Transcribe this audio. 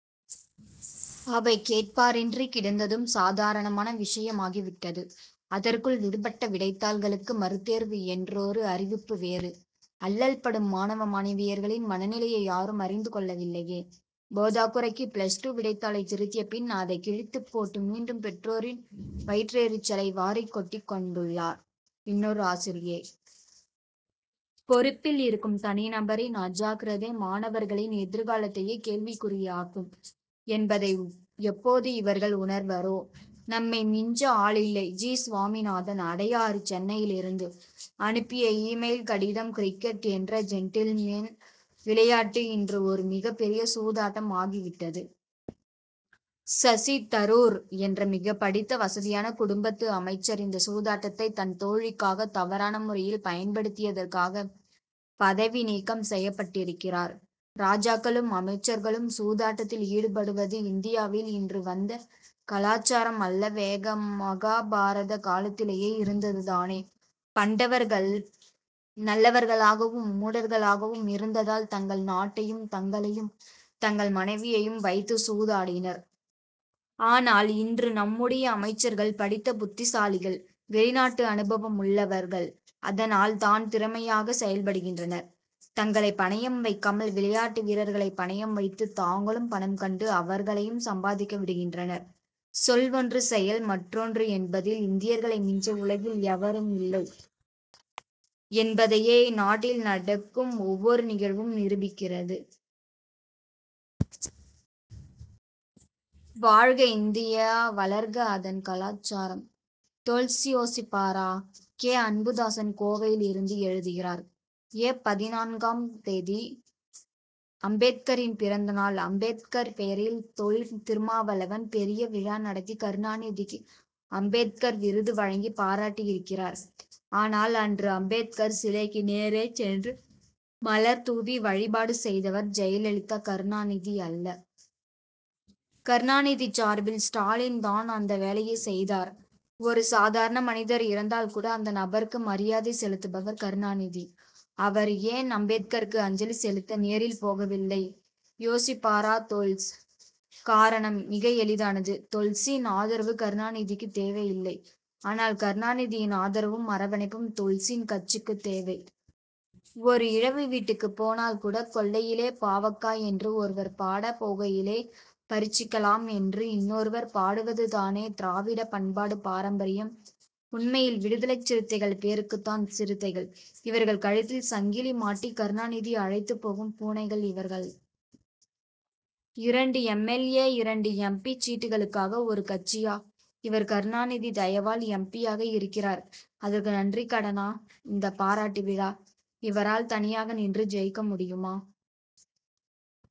அவை கேட்பாரின்றி கிடந்ததும் சாதாரணமான விஷயமாகி விட்டது. அதற் குள் விடுபட்ட விடைத்தாள் களுக்கு மறுதேர்வு என் றொரு அறிவிப்பு வேறு. அல்லல்படும் மாணவ மாணவியர்களின் மனநிலையை யாரும் அறிந்து கொள்ளவில்லையே. போதாக்குறைக்கு பிளஸ் டூ விடைத்தாளை திருத்திய பின் அதை கிழித்துப் போட்டு மீண்டும் பெற்றோரின் வயிற்றெரிச்சலை வாரிக் கொட்டிக் கொண்டுள்ளார் இன்னொரு ஆசிரியை. பொறுப்பில் இருக்கும் தனி நபரின் அஜாக்கிரதை மாணவர்களின் எதிர்காலத் தையே கேள்விக்குறியாக் கும் என்பதை எப்போது இவர்கள் உணர்வரோ? நம்மை மிஞ்ச ஆளில்லை! ஜி. சுவாமிநாதன் அடையாறு சென்னையிலிருந்து அனுப்பிய இ-மெயில் கடிதம் கிரிக்கெட் என்ற ஜென்டில்மென் விளையாட்டு இன்று ஒரு மிகப் பெரிய சூதாட்டம் ஆகி விட்டது. சசி தரூர் என்ற மிகப் படித்த வசதியான குடும்பத்து அமைச்சர் இந்த சூதாட்டத்தை தன் தோழிக்காக தவறான முறையில் பயன்படுத்தியதற்காக பதவி நீக்கம் செய்யப்பட்டிருக்கிறார். ராஜாக்களும் அமைச்சர்களும் சூதாட்டத்தில் ஈடுபடுவது இந்தியாவில் இன்று வந்த கலாசாரம் அல்லவேமகாபாரத காலத்திலேயே இருந்தது தானே! பாண்டவர்கள் நல்லவர் களாகவும் மூடர்களாகவும் இருந்ததால் தங்கள் நாட்டையும் தங்களையும் தங்கள் மனைவியையும் வைத்து சூதாடினர். ஆனால் இன்று நம்முடைய அமைச்சர்கள் படித்த புத்திசாலிகள் வெளிநாட்டு அனுபவம் உள்ளவர் கள்அதனால் தான் திறமையாக செயல்படுகின்றனர். தங்களை பணயம் வைக் காமல் விளையாட்டு வீரர் களை பணயம் வைத்து தாங்களும் பணம் கண்டு அவர்களையும் சம்பாதிக்க விடுகின்றனர். சொல் ஒன்று செயல் மற்றொன்று என்பதில் இந்தியர்களை மிஞ்ச உலகில் எவரும் இல்லை என்பதையே நாட்டில் நடக்கும் ஒவ்வொரு நிகழ்வும் நிரூபிக்கிறது. வாழ்க இந்தியா வளர்க அதன் கலாசாரம்! தொல்ஸ் யோசிப்பாரா? கே. அன்புதாசன் கோவையிலிருந்து எழுதுகிறார் ஏப். பதினான்காம் தேதி அம்பேத்கரின் பிறந்த நாள். அம்பேத்கர் பெயரில் தொல். திருமாவளவன் பெரிய விழா நடத்தி கருணாநிதிக்கு அம்பேத்கர் விருது வழங்கிப் பாராட்டி இருக்கிறார். ஆனால் அன்று அம்பேத்கர் சிலைக்கு நேரே சென்று மலர் தூவி வழிபாடு செய்தவர் ஜெயலலிதா கருணாநிதி அல்ல. கருணாநிதி சார்பில் ஸ்டாலின் தான் அந்த வேலையைச் செய்தார். ஒரு சாதாரண மனிதர் இறந்தால் கூட அந்த நபருக்கு மரியாதை செலுத்துபவர் கருணாநிதி. அவர் ஏன் அம்பேத் கருக்கு அஞ்சலி செலுத்த நேரில் போகவில்லை? யோசிப்பாரா தொல்ஸ்? காரணம் மிக எளிதானது. தொல்சின் ஆதரவு கருணாநிதிக்கு தேவை இல்லை ஆனால் கருணாநிதியின் ஆதரவும் அரவணைப்பும் தொல்சின் கட்சிக்குத் தேவை. ஒரு இழவு வீட்டுக்குப் போனால் கூட கொல்லையிலே பாவக்கா என்று ஒருவர் பாட போகையிலே பறிச்சிக்கலாம் என்று இன்னொருவர் பாடுவது தானே திராவிட பண்பாடு பாரம்பரியம். உண்மையில் விடுதலைச் சிறுத்தைகள் பேருக்குத்தான் சிறுத் தைகள் இவர்கள் கழுத்தில் சங்கிலி மாட்டி கருணாநிதி அழைத்துப் போகும் பூனைகள் இவர்கள். இரண்டு எம். எல். ஏ. இரண்டு எம். பி. சீட்டுகளுக்காக ஒரு கட்சியா? இவர் கருணாநிதி தயவால் எம். பி. யாகி இருக்கிறார். அதற்கு நன்றிக் கடனா இந்தப் பாராட்டு விழா? இவரால் தனியாக நின்று ஜெயிக்க முடியுமா?